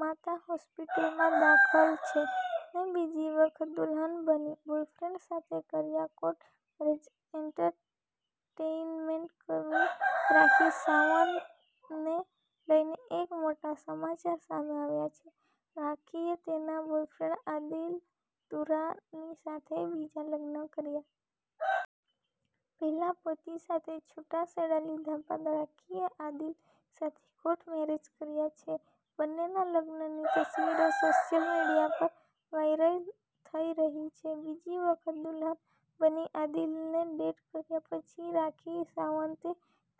માતા હોસ્પિટલમાં દાખલ છે ને બીજી વખત દુલ્હન બની, બોયફ્રેન્ડ સાથે કર્યા court marriage .entertainment queen Rakhi Sawant ને લઈને એક મોટા સમાચાર સામે આવ્યા છે. રાખીએ તેના બોયફ્રેન્ડ આદિલ દુર્રા ની સાથે બીજા લગ્ન કર્યા છે. પહેલા પતિ સાથે છૂટાછેડા લીધા બાદ રાખીએ આદિલ સાથે કોર્ટ મેરેજ કર્યા છે. બંનેના લગ્નની તસવીરો સોશિયલ મીડિયા પર વાયરલ થઈ રહી છે. બીજી વખત દુલ્હન બની આદિલને ડેટ કર્યા પછી રાખી સાવંતે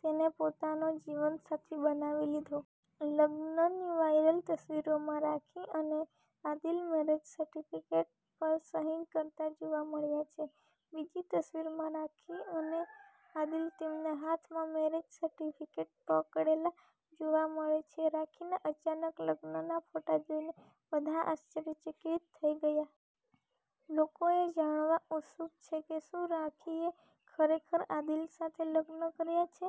તેને પોતાનો જીવનસાથી બનાવી લીધો છે. લગ્નની વાયરલ તસવીરોમાં રાખી અને આદિલ મેરેજ સર્ટિફિકેટ પર સહી કરતા જોવા મળે છે. બીજી તસવીરમાં રાખી અને આદિલ તેમના હાથમાં મેરેજ સર્ટિફિકેટ પકડેલા જોવા મળે છે. રાખીના અચાનક લગ્નના ફોટા જોઈને બધા આશ્ચર્યચકિત થઈ ગયા છે. લોકો એ જાણવા ઉત્સુક છે કે શું રાખીએ ખરેખર આદિલ સાથે લગ્ન કર્યા છે?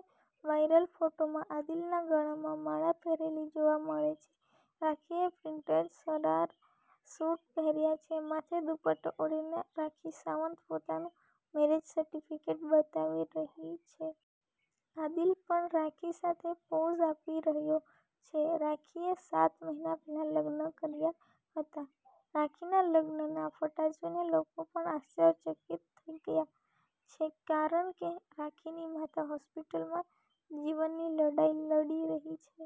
વાયરલ ફોટોમાં આદિલના ગળામાં માળા પહેરેલી જોવા મળે છે. રાખીએ પ્રિન્ટેડ શરારા સૂટ પહેર્યો છે. માથે દુપટ્ટો ઓઢીને રાખી સાવંત પોતાનું મેરેજ સર્ટિફિકેટ બતાવી રહી છે. આદિલ પણ રાખી સાથે પોઝ આપી રહ્યો છે. રાખીએ સાત મહિના પહેલા લગ્ન કર્યા હતા રાખીના લગ્નના ફોટા જોઈને લોકો પણ આશ્ચર્યચકિત થઈ ગયા છે કારણ કે રાખીની માતા હોસ્પિટલમાં જીવનની લડાઈ લડી રહી છે.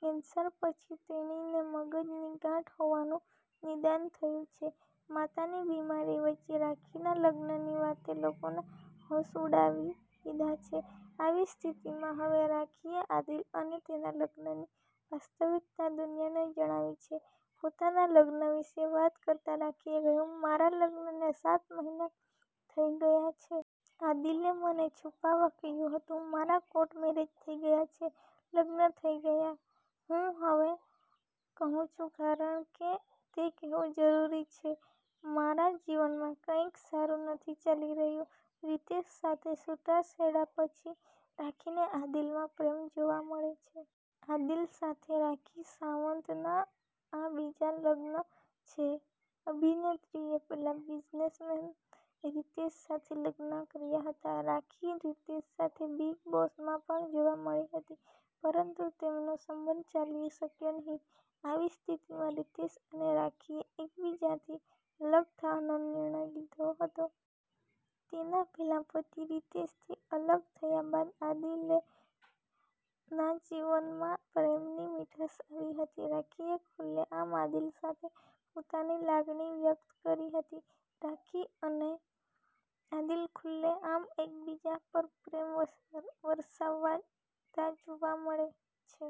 કેન્સર પછી તેણીને મગજની ગાંઠ હોવાનું નિદાન થયું છે. માતાની બિમારી વચ્ચે રાખીના લગ્નની વાતે લોકોના હોશ ઉડાવી દીધા છે. આવી સ્થિતિમાં હવે રાખીએ આદિલ અને તેના લગ્નની વાસ્તવિકતા દુનિયાને જણાવી છે. પોતાના લગ્ન વિશે વાત કરતા રાખીએ કહ્યું,'મારા લગ્નને સાત મહિના થઈ ગયા છે. આદિલે મને છુપાવવા કહ્યું હતું. મારા કોર્ટ મેરેજ થઈ ગયા છે. લગ્ન થઈ ગયા. હું હવે કહું છું, કારણ કે તે કહેવું જરૂરી છે. મારા જીવનમાં કંઈક સારું નથી ચાલી રહ્યું.' રિતેશ સાથે છૂટાછેડા પછી રાખીને આદિલમાં પ્રેમ જોવા મળે છે. આદિલ સાથે રાખી સાવંતના આ બીજા લગ્ન છે. અભિનેત્રીએ પહેલા બિઝનેસમેન રિતેશ સાથે લગ્ન કર્યા હતા. રાખી રિતેશ સાથે બિગ બોસમાં પણ જોવા મળી હતી, પરંતુ તેમનો સંબંધ ચાલી શક્યો નહીં. આવી સ્થિતિમાં રિતેશ અને રાખીએ એકબીજાથી અલગ થવાનો નિર્ણય લીધો હતો. તેના પહેલા પતિ રિતેશથી અલગ થયા બાદ આદિલે ના જીવનમાં પ્રેમની મીઠાશ આવી હતી. રાખીએ ખુલ્લેઆમ આદિલ માટે પોતાની લાગણી વ્યક્ત કરી હતી. રાખી અને આદિલ ખુલ્લેઆમ એકબીજા પર પ્રેમ વરસાવતા જોવા મળે છે.